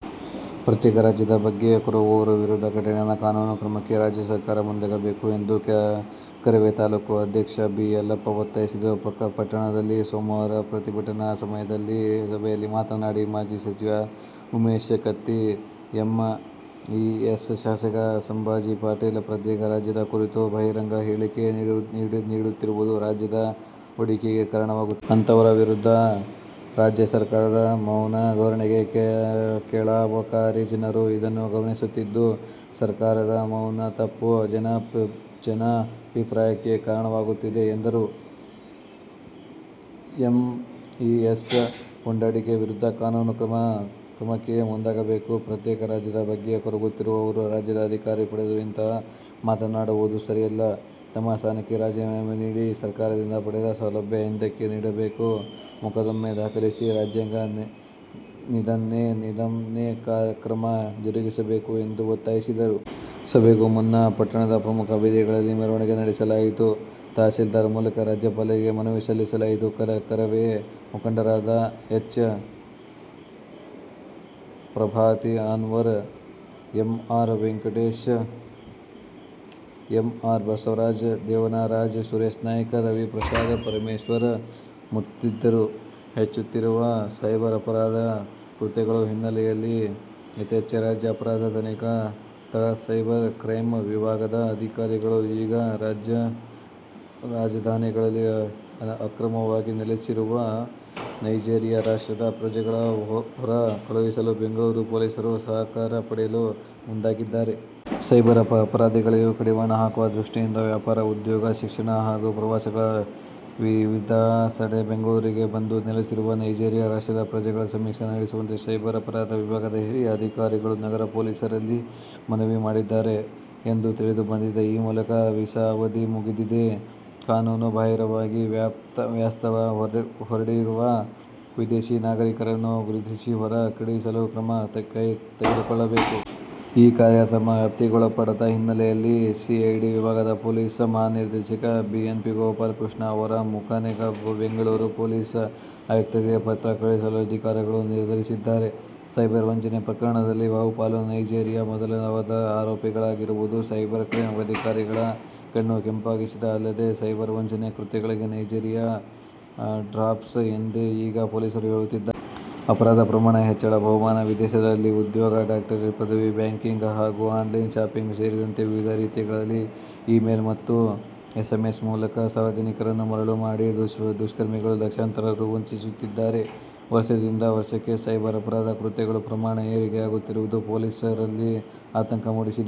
ಪ್ರತ್ಯೇಕ ರಾಜ್ಯದ ಬಗ್ಗೆ ಕೂಗುವವರ ವಿರುದ್ಧ ಕಠಿಣ ಕಾನೂನು ಕ್ರಮಕ್ಕೆ ರಾಜ್ಯ ಸರ್ಕಾರ ಮುಂದಾಗಬೇಕು ಎಂದು ಕರವೇ ತಾಲೂಕು ಅಧ್ಯಕ್ಷ ಬಿ. ಯಲ್ಲಪ್ಪ ಒತ್ತಾಯಿಸಿದರು. ಪಟ್ಟಣದಲ್ಲಿ ಸೋಮವಾರ ಪ್ರತಿಭಟನಾ ಸಭೆಯಲ್ಲಿ ಮಾತನಾಡಿ, ಮಾಜಿ ಸಚಿವ ಉಮೇಶ ಕತ್ತಿ, ಎಂಇಎಸ್ ಶಾಸಕ ಸಾಂಬಾಜಿ ಪಾಟೀಲ್ ಪ್ರತ್ಯೇಕ ರಾಜ್ಯದ ಕುರಿತು ಬಹಿರಂಗ ಹೇಳಿಕೆ ನೀಡುತ್ತಿರುವುದು ರಾಜ್ಯದ ಒಡಕಿಗೆ ಕಾರಣವಾಗುತ್ತಿದೆ. ಅಂತಹವರ ವಿರುದ್ಧ ರಾಜ್ಯ ಸರ್ಕಾರದ ಮೌನ ಧೋರಣೆ ಕಳವಳಕಾರಿ ಜನರು. ಇದನ್ನು ಗಮನಿಸುತ್ತಿದ್ದು ಸರ್ಕಾರದ ಮೌನ ತಪ್ಪು ಜನಾಭಿಪ್ರಾಯಕ್ಕೆ ಕಾರಣವಾಗುತ್ತಿದೆ ಎಂದರು. ಎಂಇಎಸ್ ಪುಂಡಾಟಿಕೆ ವಿರುದ್ಧ ಕಾನೂನು ಕ್ರಮಕ್ಕೆ ಮುಂದಾಗಬೇಕು. ಪ್ರತ್ಯೇಕ ರಾಜ್ಯದ ಬಗ್ಗೆ ಕೂಗುತ್ತಿರುವವರು ರಾಜ್ಯದ ಅಧಿಕಾರ ಪಡೆದು ಇಂತಹ ಮಾತನ್ನಾಡುವುದು ಸರಿಯಲ್ಲ. ತಮ್ಮ ಸ್ಥಾನಕ್ಕೆ ರಾಜೀನಾಮೆ ನೀಡಿ, ಸರ್ಕಾರದಿಂದ ಪಡೆದ ಸೌಲಭ್ಯ ಹಿಂದಕ್ಕೆ ನೀಡಬೇಕು ಮೊಕ್ಕದ್ದಮೆ ದಾಖಲಿಸಿ ರಾಜ್ಯಾಂಗ ನಿಂದನೆ ಕ್ರಮ ಜರುಗಿಸಬೇಕು ಎಂದು ಒತ್ತಾಯಿಸಿದರು. ಸಭೆಗೂ ಮುನ್ನ ಪಟ್ಟಣದ ಪ್ರಮುಖ ಬೀದಿಗಳಲ್ಲಿ ಮೆರವಣಿಗೆ ನಡೆಸಲಾಯಿತು. ತಹಶೀಲ್ದಾರ್ ಮೂಲಕ ರಾಜ್ಯಪಾಲರಿಗೆ ಮನವಿ ಸಲ್ಲಿಸಲಾಯಿತು. ಕರವೇ ಮುಖಂಡರಾದ H. Prabhavati, Anwar, M. R. Venkatesha, M. R. Basavaraja, Devarajanayka, Sureshanayka, Raviprasad, Paramesha ಮತ್ತಿತರರಿದ್ದರು. ಹೆಚ್ಚುತ್ತಿರುವ ಸೈಬರ್ ಅಪರಾಧ ಕೃತ್ಯಗಳ ಹಿನ್ನೆಲೆಯಲ್ಲಿ ಎಚ್ಚೆತ್ತ ರಾಜ್ಯ ಅಪರಾಧ ತನಿಖಾ ದಳ ಸೈಬರ್ ಕ್ರೈಂ ವಿಭಾಗದ ಅಧಿಕಾರಿಗಳು ಈಗ ರಾಜಧಾನಿಯಲ್ಲಿ ಅಕ್ರಮವಾಗಿ ನೆಲೆಸಿರುವ ನೈಜೀರಿಯಾ ರಾಷ್ಟ್ರದ ಪ್ರಜೆಗಳನ್ನು ಹೊರ ಕಳುಹಿಸಲು ಬೆಂಗಳೂರು ಪೊಲೀಸರ ''''''ಸಹಕಾರ'' ಪಡೆಯಲು ಮುಂದಾಗಿದ್ದಾರೆ. ಸೈಬರ್ ಅಪರಾಧಗಳಿಗೆ ಕಡಿವಾಣ ಹಾಕುವ ದೃಷ್ಟಿಯಿಂದ ವ್ಯಾಪಾರ, ಉದ್ಯೋಗ, ಶಿಕ್ಷಣ ಹಾಗೂ ಪ್ರವಾಸಗಳ ವೀಸಾದಡಿ ಬೆಂಗಳೂರಿಗೆ ಬಂದು ನೆಲೆಸಿರುವ ನೈಜೀರಿಯಾ ರಾಷ್ಟ್ರದ ಪ್ರಜೆಗಳ ಸಮೀಕ್ಷೆ ನಡೆಸುವಂತೆ ಸೈಬರ್ ಅಪರಾಧ ವಿಭಾಗದ ಹಿರಿಯ ಅಧಿಕಾರಿಗಳು ನಗರ ಪೊಲೀಸರಲ್ಲಿ ಮನವಿ ಮಾಡಿದ್ದಾರೆ ಎಂದು ತಿಳಿದು ಬಂದಿದೆ. ಈ ಮೂಲಕ ವೀಸಾ ಅವಧಿ ಮುಗಿದರೂ ಕಾನೂನು ಬಾಹಿರವಾಗಿ ವಾಸ್ತವ್ಯ ಹೂಡಿರುವ ವಿದೇಶಿ ನಾಗರಿಕರನ್ನು ಗುರುತಿಸಿ ಹೊರ ಕಳುಹಿಸಲು ಕ್ರಮ ತೆಗೆದುಕೊಳ್ಳಬೇಕು. ಈ ಕಾರ್ಯ ತಮ್ಮ ವ್ಯಾಪ್ತಿಗೊಳಪಡದ ಹಿನ್ನೆಲೆಯಲ್ಲಿ ಸಿಐಡಿ ವಿಭಾಗದ ಪೊಲೀಸ್ ಮಹಾನಿರ್ದೇಶಕ ಬಿಪಿನ್ ಗೋಪಾಲಕೃಷ್ಣ ಅವರ ಮುಖೇನ ಬೆಂಗಳೂರು ಪೊಲೀಸ್ ಆಯುಕ್ತರಿಗೆ ಪತ್ರ ಕಳುಹಿಸಲು ಅಧಿಕಾರಿಗಳು ನಿರ್ಧರಿಸಿದ್ದಾರೆ. ಸೈಬರ್ ವಂಚನೆ ಪ್ರಕರಣದಲ್ಲಿ ಬಹುಪಾಲು ನೈಜೀರಿಯಾ ಮೂಲದವರೇ ಆರೋಪಿಗಳಾಗಿರುವುದು ಸೈಬರ್ ಕ್ರೈಂ ಅಧಿಕಾರಿಗಳ ಕಣ್ಣು ಕೆಂಪಾಗಿಸಿದೆ. ಅಲ್ಲದೆ, ಸೈಬರ್ ವಂಚನೆ ಕೃತ್ಯಗಳಿಗೆ ''''ನೈಜೀರಿಯಾ ಫ್ರಾಡ್ಸ್'' ಎಂದೇ ಈಗ ಪೊಲೀಸರು ಹೇಳುತ್ತಿದ್ದಾರೆ. ಅಪರಾಧ ಪ್ರಮಾಣ ಹೆಚ್ಚಳ: ಬಹುಮಾನ, ವಿದೇಶದಲ್ಲಿ ಉದ್ಯೋಗ, ಡಾಕ್ಟರೇಟ್ ಪದವಿ, ಬ್ಯಾಂಕಿಂಗ್ ಹಾಗೂ ಆನ್ಲೈನ್ ಶಾಪಿಂಗ್ ಸೇರಿದಂತೆ ವಿವಿಧ ರೀತಿಯಲ್ಲಿ ಇ-ಮೇಲ್ ಮತ್ತು ಎಸ್ಎಂಎಸ್ ಮೂಲಕ ಸಾರ್ವಜನಿಕರನ್ನು ಮರಳು ಮಾಡಿ ದುಷ್ಕರ್ಮಿಗಳು ಲಕ್ಷಾಂತರ ರೂ. ವಂಚಿಸುತ್ತಿದ್ದಾರೆ. ವರ್ಷದಿಂದ ವರ್ಷಕ್ಕೆ ಸೈಬರ್ ಅಪರಾಧ ಕೃತ್ಯಗಳ ಪ್ರಮಾಣ ಏರಿಕೆಯಾಗುತ್ತಿರುವುದು ಪೊಲೀಸರಲ್ಲಿ ಆತಂಕ ಮೂಡಿಸಿದೆ.